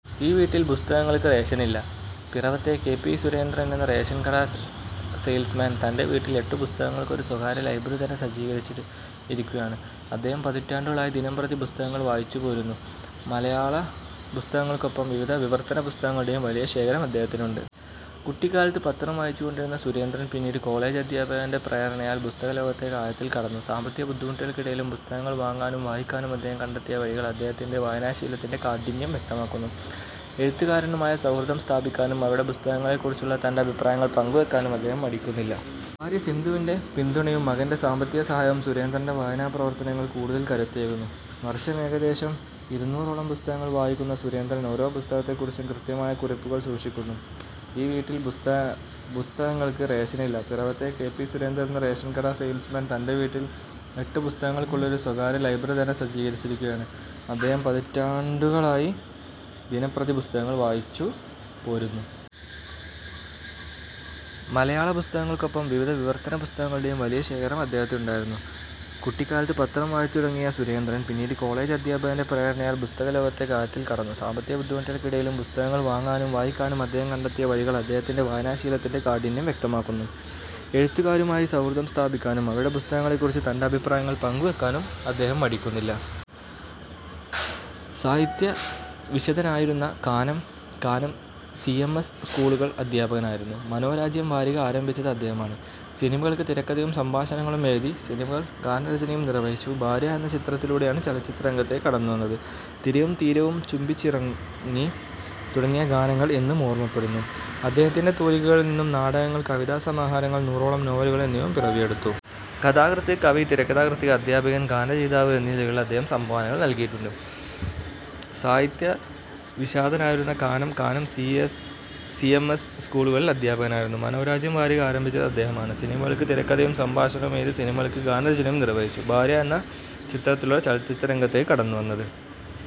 ഈ വീട്ടിൽ പുസ്തകങ്ങൾക്ക് റേഷനില്ല! പിറവത്തെ കെ. പി. സുരേന്ദ്രൻ എന്ന റേഷൻ കട സെയിൽസ്മാൻ, തന്റെ വീട്ടിൽ എട്ടു പുസ്തകങ്ങളുള്ള ഒരു സ്വകാര്യ ലൈബ്രറി തന്നെ സജ്ജീകരിച്ചിരിക്കുകയാണ്, അദ്ദേഹം പതിറ്റാണ്ടുകളായി ദിനംപ്രതി പുസ്തകങ്ങൾ വായിച്ചുപോരുന്നു. മലയാള പുസ്തകങ്ങൾക്കൊപ്പം വിവിധ വിവർത്തന പുസ്തകങ്ങളുടെയും വലിയ ശേഖരം അദ്ദേഹത്തിനുണ്ട്. കുട്ടിക്കാലത്ത് പത്രം വായിച്ചുതുടങ്ങിയ സുരേന്ദ്രൻ, പിന്നീട് കോളേജ് അധ്യാപകന്റെ പ്രേരണയാൽ പുസ്തക ലോകത്തേക്ക് ആഴത്തിൽ കടന്നു. സാമ്പത്തിക ബുദ്ധിമുട്ടുകൾക്കിടയിലും പുസ്തകങ്ങൾ വാങ്ങാനും വായിക്കാനും അദ്ദേഹം കണ്ടെത്തിയ വഴികൾ, അദ്ദേഹത്തിന്റെ വായനാശീലത്തിന്റെ കാഠിന്യം വ്യക്തമാക്കുന്നു. എഴുത്തുകാരുമായി സൗഹൃദം സ്ഥാപിക്കാനും അവരുടെ പുസ്തകങ്ങളെക്കുറിച്ചുള്ള തന്റെ അഭിപ്രായങ്ങൾ പങ്കുവെക്കാനും അദ്ദേഹം മടിക്കുന്നില്ല. ഭാര്യ സിന്ധുവിന്റെ പിന്തുണയും മകന്റെ സാമ്പത്തിക സഹായവും സുരേന്ദ്രന്റെ വായനാപ്രവർത്തനങ്ങൾക്ക് കൂടുതൽ കരുത്തേകുന്നു. വർഷം ഏകദേശം ഇരുന്നൂറോളം പുസ്തകങ്ങൾ വായിക്കുന്ന സുരേന്ദ്രൻ, ഓരോ പുസ്തകത്തെക്കുറിച്ചും കൃത്യമായ കുറിപ്പുകൾ സൂക്ഷിക്കുന്നു. ഈ വീട്ടിൽ പുസ്തകങ്ങൾക്ക് റേഷനില്ല! പിറവത്തെ കെ. പി. സുരേന്ദ്രൻ എന്ന റേഷൻ കട സെയിൽസ്മാൻ, തന്റെ വീട്ടിൽ എട്ടു പുസ്തകങ്ങളുള്ള ഒരു സ്വകാര്യ ലൈബ്രറി തന്നെ സജ്ജീകരിച്ചിരിക്കുകയാണ്, അദ്ദേഹം പതിറ്റാണ്ടുകളായി ദിനംപ്രതി പുസ്തകങ്ങൾ വായിച്ചുപോരുന്നു. മലയാള പുസ്തകങ്ങൾക്കൊപ്പം വിവിധ വിവർത്തന പുസ്തകങ്ങളുടെയും വലിയ ശേഖരം അദ്ദേഹത്തിനുണ്ട്. കുട്ടിക്കാലത്ത് പത്രം വായിച്ചുതുടങ്ങിയ സുരേന്ദ്രൻ, പിന്നീട് കോളേജ് അധ്യാപകന്റെ പ്രേരണയാൽ പുസ്തക ലോകത്തേക്ക് ആഴത്തിൽ കടന്നു. സാമ്പത്തിക ബുദ്ധിമുട്ടുകൾക്കിടയിലും പുസ്തകങ്ങൾ വാങ്ങാനും വായിക്കാനും അദ്ദേഹം കണ്ടെത്തിയ വഴികൾ, അദ്ദേഹത്തിന്റെ വായനാശീലത്തിന്റെ കാഠിന്യം വ്യക്തമാക്കുന്നു. എഴുത്തുകാരുമായി സൗഹൃദം സ്ഥാപിക്കാനും അവരുടെ പുസ്തകങ്ങളെക്കുറിച്ചുള്ള തന്റെ അഭിപ്രായങ്ങൾ പങ്കുവെക്കാനും അദ്ദേഹം മടിക്കുന്നില്ല. സാഹിത്യവിശാരദനായിരുന്ന Kanam, Kanam C. M. S. സ്കൂളുകളിൽ അധ്യാപകനായിരുന്നു. 'മനോരാജ്യം' വാരിക ആരംഭിച്ചത് അദ്ദേഹമാണ്. സിനിമകൾക്ക് തിരക്കഥയും സംഭാഷണവും എഴുതി, സിനിമകൾക്ക് ഗാനരചനയും നിർവഹിച്ചു. 'ഭാര്യ' എന്ന ചിത്രത്തിലൂടെയാണ് ചലച്ചിത്രരംഗത്തേക്ക് കടന്നുവന്നത്. 'തിരയും തീരവും ചുംബിച്ചുറങ്ങി' തുടങ്ങിയ ഗാനങ്ങൾ ഇന്നും ഓർമ്മിക്കപ്പെടുന്നു. അദ്ദേഹത്തിന്റെ തൂലികയിൽ നിന്ന് നാടകങ്ങൾ, കവിതാസമാഹാരങ്ങൾ, നൂറോളം നോവലുകൾ എന്നിവയും പിറവിയെടുത്തു. കഥാകൃത്ത്, കവി, തിരക്കഥാകൃത്ത്, അധ്യാപകൻ, ഗാനരചയിതാവ് എന്നീ നിലകളിൽ അദ്ദേഹം സംഭാവനകൾ നൽകിയിട്ടുണ്ട്. സാഹിത്യവിശാരദനായിരുന്ന Kanam, Kanam C. M. S. സ്കൂളുകളിൽ അധ്യാപകനായിരുന്നു. 'മനോരാജ്യം' വാരിക ആരംഭിച്ചത് അദ്ദേഹമാണ്. സിനിമകൾക്ക് തിരക്കഥയും സംഭാഷണവും എഴുതി, സിനിമകൾക്ക് ഗാനരചനയും നിർവഹിച്ചു. 'ഭാര്യ' എന്ന ചിത്രത്തിലൂടെയാണ് ചലച്ചിത്രരംഗത്തേക്ക് കടന്നുവന്നത്.